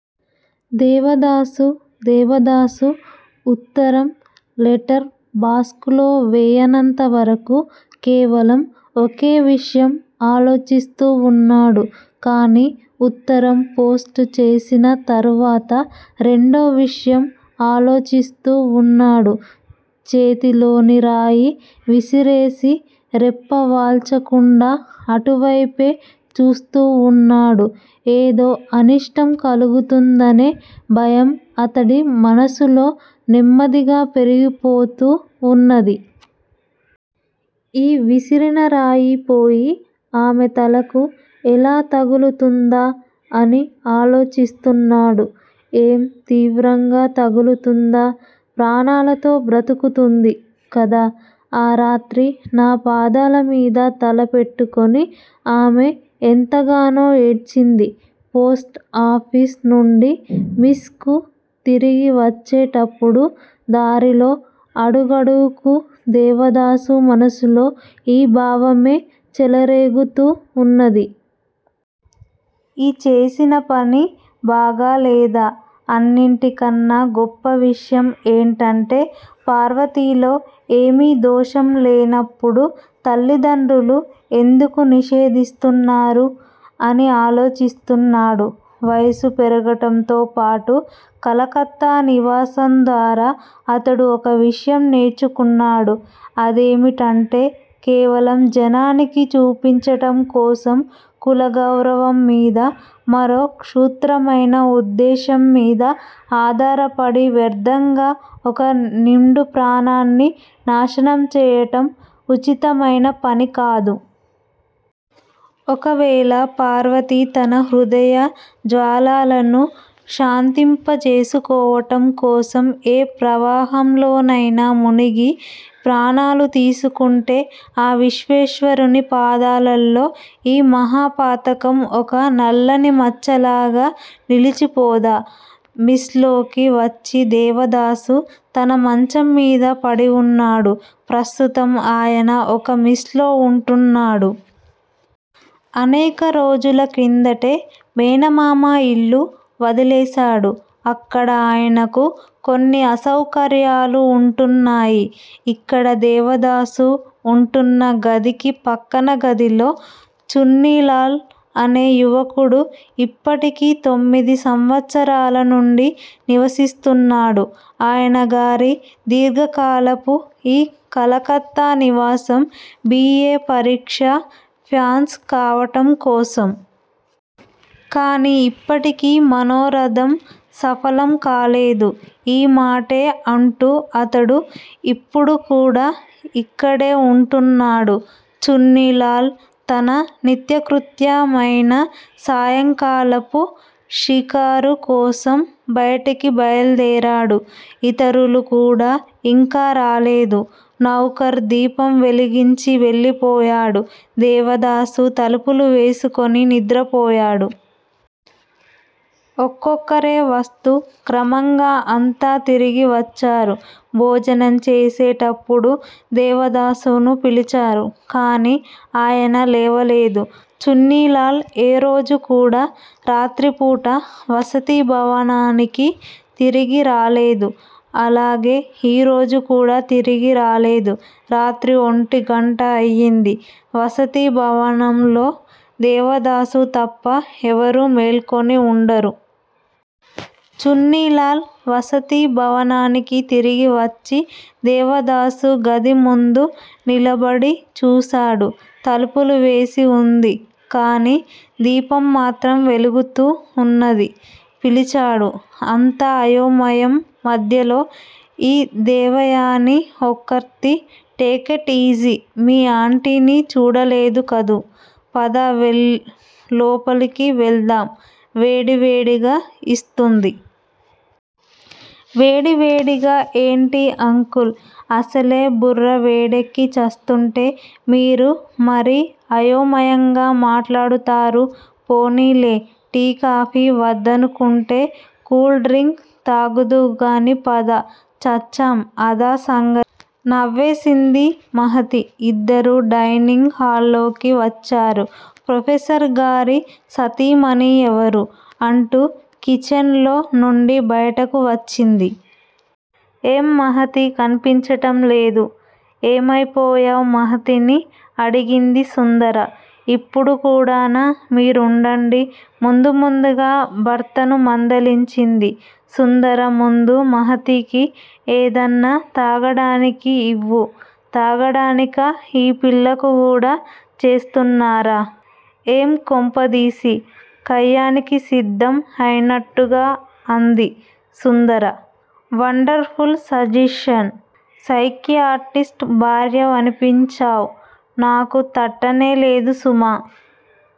దేవదాసు దేవదాసు ఉత్తరం letter box లో వేయనంతవరకూ కేవలం ఒకే విషయం ఆలోచిస్తూ వున్నాడు. కాని ఉత్తరం పోస్ట్ చేసిన తరువాత రెండో విషయం ఆలోచిస్తూ వున్నాడు. చేతిలోని రాయి విసిరేసి రెప్ప వాల్చకుండా అటువైపే చూస్తూ వున్నాడు. ఏదో అనిష్టం కలుగుతుందనే భయం అతడి మనసులో నెమ్మదిగా పెరిగిపోతూ ఉన్నది. యీ విసిరినరాయి పోయి ఆమె తలకు ఎలా తగులుతుందా అని ఆలోచిస్తున్నాడు. ఏం, తీవ్రంగా తగులుతుందా? ప్రాణాలతో బ్రతుకుతుంది గదా? ఆ రాత్రి నా పాదాలమీద తల పెట్టుకుని ఆమె ఎంతగానో యేడ్చింది. పోస్ట్ ఆఫీస్ నుండి మెస్ కు తిరిగి వచ్చేటప్పుడు దారిలో అడుగడుగుకూ దేవదాసు మనసులో యీ భావమే చెలరేగుతూ వుంది. యీ చేసిన పని బాగాలేదా? అన్నిటి కన్నా, గొప్ప విషయం ఏమిటంటే పార్వతిలో ఏమీ దోషం లేనప్పుడు తల్లిదండ్రులు ఎందుకు నిషేధిస్తున్నారు? అని ఆలోచిస్తున్నాడు. వయసు పెరగడంతో పాటు కలకత్తా నివాసం ద్వారా అతడు ఒక విషయం నేర్చుకున్నాడు. అదేమిటంటే కేవలం జనానికి చూపించడం కోసం కుల గౌరవం మీద, మరో క్షుద్రమైన ఉద్దేశ్యం మీద ఆధారపడి వ్యర్ధంగా ఒక నిండు ప్రాణాన్ని నాశనం చేయడం ఉచితమైన పనికాదు. ఒకవేళ పార్వతి తన హృదయ జ్వాలలను శాంతింపచేసుకోవడం కోసం ఏ ప్రవాహంలోనైనా మునిగి ప్రాణాలు తీసుకుంటే ఆ విశ్వేశ్వరుని పాదలలో ఈ మహాపాతకం ఒక నల్లని మచ్చగా నిలిచిపోదా? మెస్ లోకి వచ్చి దేవదాసు తన మంచంమీద పడివున్నాడు. ప్రస్తుతం ఆయన ఒక మెస్ లో వుంటున్నాడు. అనేక రోజుల క్రిందటే మేనమామ ఇల్లు వదిలేశాడు అక్కడ ఆయనకు కొన్ని అసౌకర్యాలు వుంటున్నాయి. ఇక్కడ దేవదాసు వుంటున్న గదికి ప్రక్కన గదిలో చున్నీలాల్ అనే యువకుడు ఇప్పటికి తొమ్మిది సంవత్సరాల నుంచి నివసిస్తున్నాడు. ఆయనగారి దీర్ఘకాలపు ఈ కలకత్తా నివాసం బి. ఏ. పరీక్ష ప్యాస్ కావడం కోసం. కాని ఇప్పటికీ మనోరధం సఫలం కాలేదు. ఈ మాటే అంటూ అతడు ఇప్పుడుకూడా ఇక్కడే వుంటున్నాడు. చున్నీలాల్ తన నిత్యకృత్య మైన సాయంకాలపు షికారు కోసం బయటికి బయలుదేరాడు. ఇతరులు కూడా ఇంకా రాలేదు. నౌకరు దీపం వెలిగించి వెళ్ళిపోయాడు. దేవదాసు తలుపు వేసుకుని నిద్రపోయాడు. ఒక్కొక్కరే వస్తూ క్రమంగా అంతా తిరిగి వచ్చారు. భోజనం చేసేటప్పుడు దేవదాసును పిలిచారు. కాని ఆయన లేవలేదు. చున్నీలాల్ ఏ రోజు కూడా రాత్రిపూట వసతి భవనానికి తిరిగి రాలేదు. అలాగే ఈ రోజు కూడా తిరిగి రాలేదు. రాత్రి ఒంటిగంట అయింది. వసతి భవనంలో దేవదాసు తప్ప ఎవరూ మేల్కొని వుండరు. చున్నీలాల్ వసతి భవనానికి తిరిగి వచ్చి దేవదాసు గది ముందు నిలబడి చూశాడు. తలుపు వేసేవుంది. కాని దీపం మాత్రం వెలుగుతూ ఉన్నది. పిలిచాడు అంతా అయోమయం మధ్యలో ఈ దేవయాని ఒకర్తి టేకిట్ ఈజీ! మీ ఆంటీని చూడలేదుకదూ? పద లోపలికివేళ్దాం- వేడివేడిగా ఇస్తుంది. వేడివేడిగా ఏంటి అంకుల్? అసలే బుర్రవేడెక్కి చస్తుంటే. మీరు మరీ అయోమయంగా మాట్లాడతారు. పోనీలే. టీ, కాఫీ వద్దనుకుంటే కూల్ డ్రింక్ తాగుదువుగానిపద చచ్చాం! అదా సంగతి? నవ్వేసింది మహతి. ఇద్దరూ డైనింగు హాల్లోకి వచ్చారు. ప్రొఫెసర్ గారి సతీమణి 'ఎవరూ' అంటూ కిచెన్ లో నుండి బయటకు వచ్చింది. ఏం మహతీ, కన్పించటం లేదు? ఏమయిపోయావ్ మహతిని అడిగింది సుంధర. ఇప్పుడు కూడానా మీరుండండి ముందు ముందు భర్తను మందలించింది వసుంధర. ముందు మహతికి ఏదన్నా తాగడానికి ఇవు' తాగడానికా? ఈ పిల్లకు కూడా చేస్తున్నారా ఏం కొంపదీసి కయ్యానికి సిద్దం అయినట్టుగా అంది సుంధర. Wonderful suggestion. సైకియాట్రిస్టు భార్య వనిపించావ్. నాకు తట్టనే లేదుసుమా!